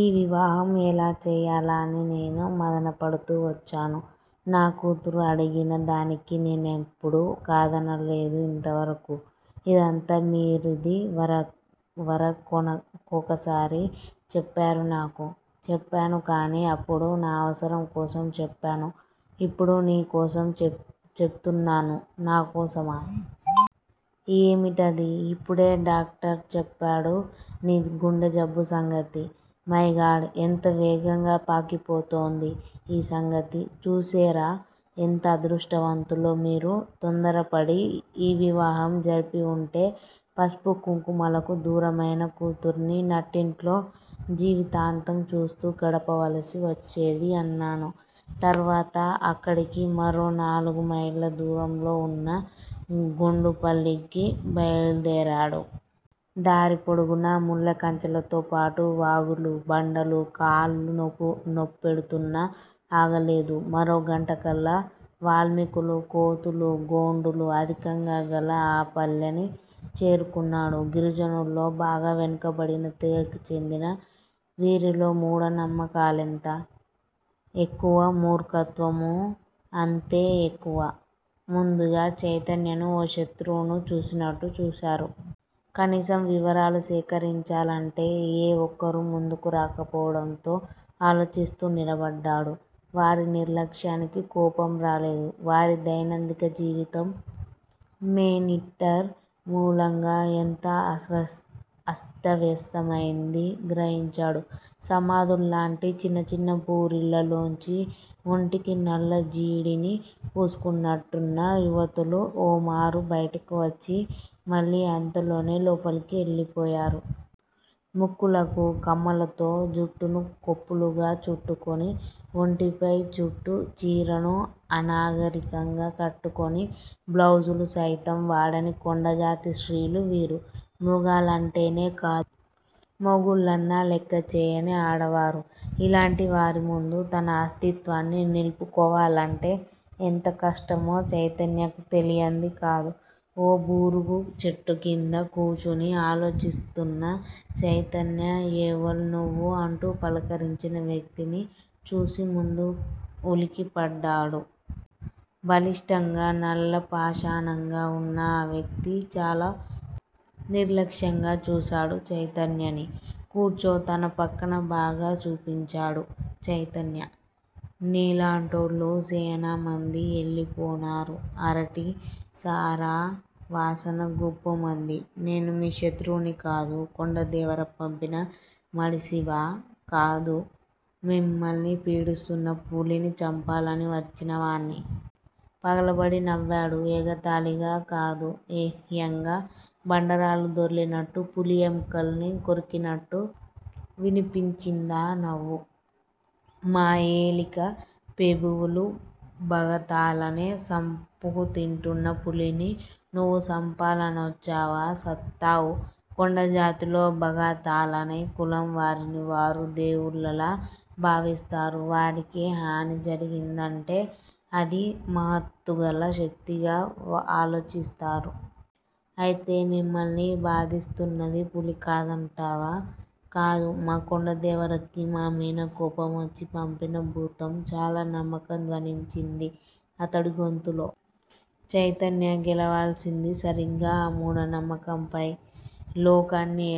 ఈ వివాహం ఎలా చెయ్యాలా అని నేను మధనపడుతూ వచ్చాను. నా కూతురు అడిగిన దానికి నేనెప్పుడూ కాదనలేదు ఇంతవరకూ. ఇదంతా మీరిదివర కొకసారి చెప్పారు నాకు. చెప్పాను కానీ అప్పుడు నా అవసరం కోసం చెప్పాను. ఇప్పుడు నీ కోసం చెపుతున్నాను. నా కోసమా? ఏమిటది? ఇప్పుడే డాక్టర్ చెప్పాడు నీ గుండెజబ్బు సంగతి. మైగాడ్- ఎంత వేగంగా పాకిపోతోంది ఈ సంగతి. చూసేరా ఎంత అదృష్టవంతులో మీరు. తొందరపడి ఈ వివాహం జరిపివుంటే పసుపు కుంకుమలకు దూరమైన కూతుర్ని నట్టింట్లో జీవితాంతం చూస్తూ గడపవలసి వచ్చేది అన్నాను. తర్వాత అక్కడికి మరోనాలుగుమైళ్ళ దూరంలో వున్న గొండుపల్లికి బయలుదేరాడు. దారిపొడుగునా ముళ్ళకంచెలతోపాటు వాగులు, బండలు, కాళ్ళు నొప్పెడుతున్నా ఆగలేదు. మరో గంటకల్లా వాల్మీకులు, కోతులు, గోండులు అధికంగా గల ఆ పల్లెని చేరుకున్నాడు. గిరిజనుల్లో బాగా వెనుకబడిన తెగకి చెందిన వీరిలో మూఢనమ్మకాలెంత ఎక్కువ, మూర్ఖత్వమూ అంతే ఎక్కువ. ముందుగా చైతన్యను ఓ శత్రువును చూసినట్టు చూశారు. కనీసం వివరాలు సేకరించాలంటే ఏ ఒక్కరూ ముందుకు రాకపోవడంతో ఆలోచిస్తూ నిలబడ్డాడు. వారి నిర్లక్ష్యానికి కోపం రాలేదు. వారి దైనందిన జీవితం మేనీటర్ మూలంగా ఎంత అస్తవ్యస్తమైందీ గ్రహించాడు. సమాధుల్లాంటి చిన్న చిన్న పూరిళ్ళలోంచి ఒంటికి నల్లజీడిని పూసుకున్నట్టున్న యువతులు ఓమారు బయటికి వచ్చి, మళ్ళీ అంతలోనే లోపలికి వెళ్ళిపోయారు. ముక్కులకు కమ్మలతో, జుట్టును కొప్పులుగా చుట్టుకుని, ఒంటిపై చుట్టూ చీరను అనాగరికంగా కట్టుకుని, బ్లౌజులు సైతం వాడని కొండజాతి స్త్రీలు వీరు. మృగాలంటేనే కాదు; మొగుళ్ళన్నా లెక్కచేయని ఆడవారు. ఇలాంటి వారి ముందు తన అస్తిత్వాన్ని నిలుపుకోవాలంటే ఎంత కష్టమో చైతన్యకు తెలియందికాదు. ఓ బూరుగు చెట్టు క్రింద కూచుని ఆలోచిస్తున్న చైతన్య యేవల్నువ్వు అంటూ పలకరించిన వ్యక్తిని చూసి ముందు ఉలికి పడ్డాడు. బలిష్టంగా, నల్లపాషాణంగా వున్న ఆ వ్యక్తి చాలా నిర్లక్ష్యంగా చూశాడు చైతన్యని. కూర్చో తన పక్కన బాగా చూపించాడు చైతన్య. నీలాటోలు సేనామంది యెల్లిపోనారూ అరటి సారా వాసన గుప్పుమంది. నేను మీ శత్రువుని కాదు. కొండదేవర పంపిన మడిసివా? కాదు. మిమ్మల్ని పీడిస్తున్న పులిని చంపాలనివచ్చినవాణ్ని. పగలబడి నవ్వాడు. ఎగతాళిగా కాదు_ఏహ్యంగా, బండరాళ్ళు దొర్లినట్లు. పులి ఎముకల్ని కొరికినట్టు వినిపించిందా నవ్వు. మా ఏలిక పెబువులు బగతాలనే సంపుకుతింటున్న పులిని నువ్వు సంపాలనొచ్చావా సత్తావు. కొండజాతిలో బగతాలనే కులం వారిని వారు దేవుళ్ళలా భావిస్తారు! వారికే హాని జరిగిందంటే అది మహత్తుగల శక్తిగా ఆలోచిస్తారు. అయితే, మిమ్మల్ని బాధిస్తున్నది పులి కాదంటావా? కాదు, మా కొండదేవరకి మామీన కోపమొచ్చి పంపిన భూతం చాలా నమ్మకం ధ్వనించింది అతడి గొంతులో. చైతన్య గెలవాల్సింది సరిగ్గా ఆ మూఢనమ్మకంపై. లోకాన్ని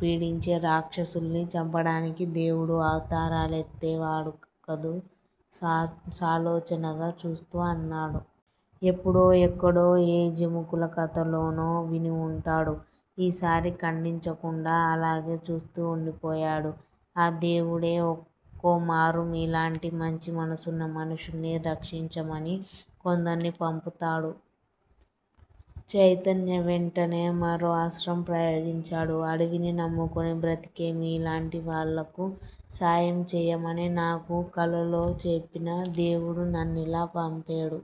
పీడించే రాక్షసుల్ని చంపడానికి దేవుడు అవతారాలెత్తే వాడు కదూ! సాలోచనగా చూస్తూ అన్నాడు. ఎప్పుడో, ఎక్కడో ఏ జముకుల కథలోనో విని వుంటాడు. ఈసారి ఖండించకుండా అలాగే చూస్తూ ఉండిపోయాడు. ఆ దేవుడే ఒక్కోమారు మీలాంటి మంచి మనసున్న మనుషుల్ని రక్షించమని కొందర్ని పంపుతుంటాడు చైతన్య వెంటనే మరో అస్త్రం ప్రయోగించాడు, అడవిని నమ్ముకుని బ్రతికే మీలాంటి వాళ్ళకు సాయం చెయ్యమని నాకు కలలో చెప్పిన దేవుడు నన్నిలా పంపేడు.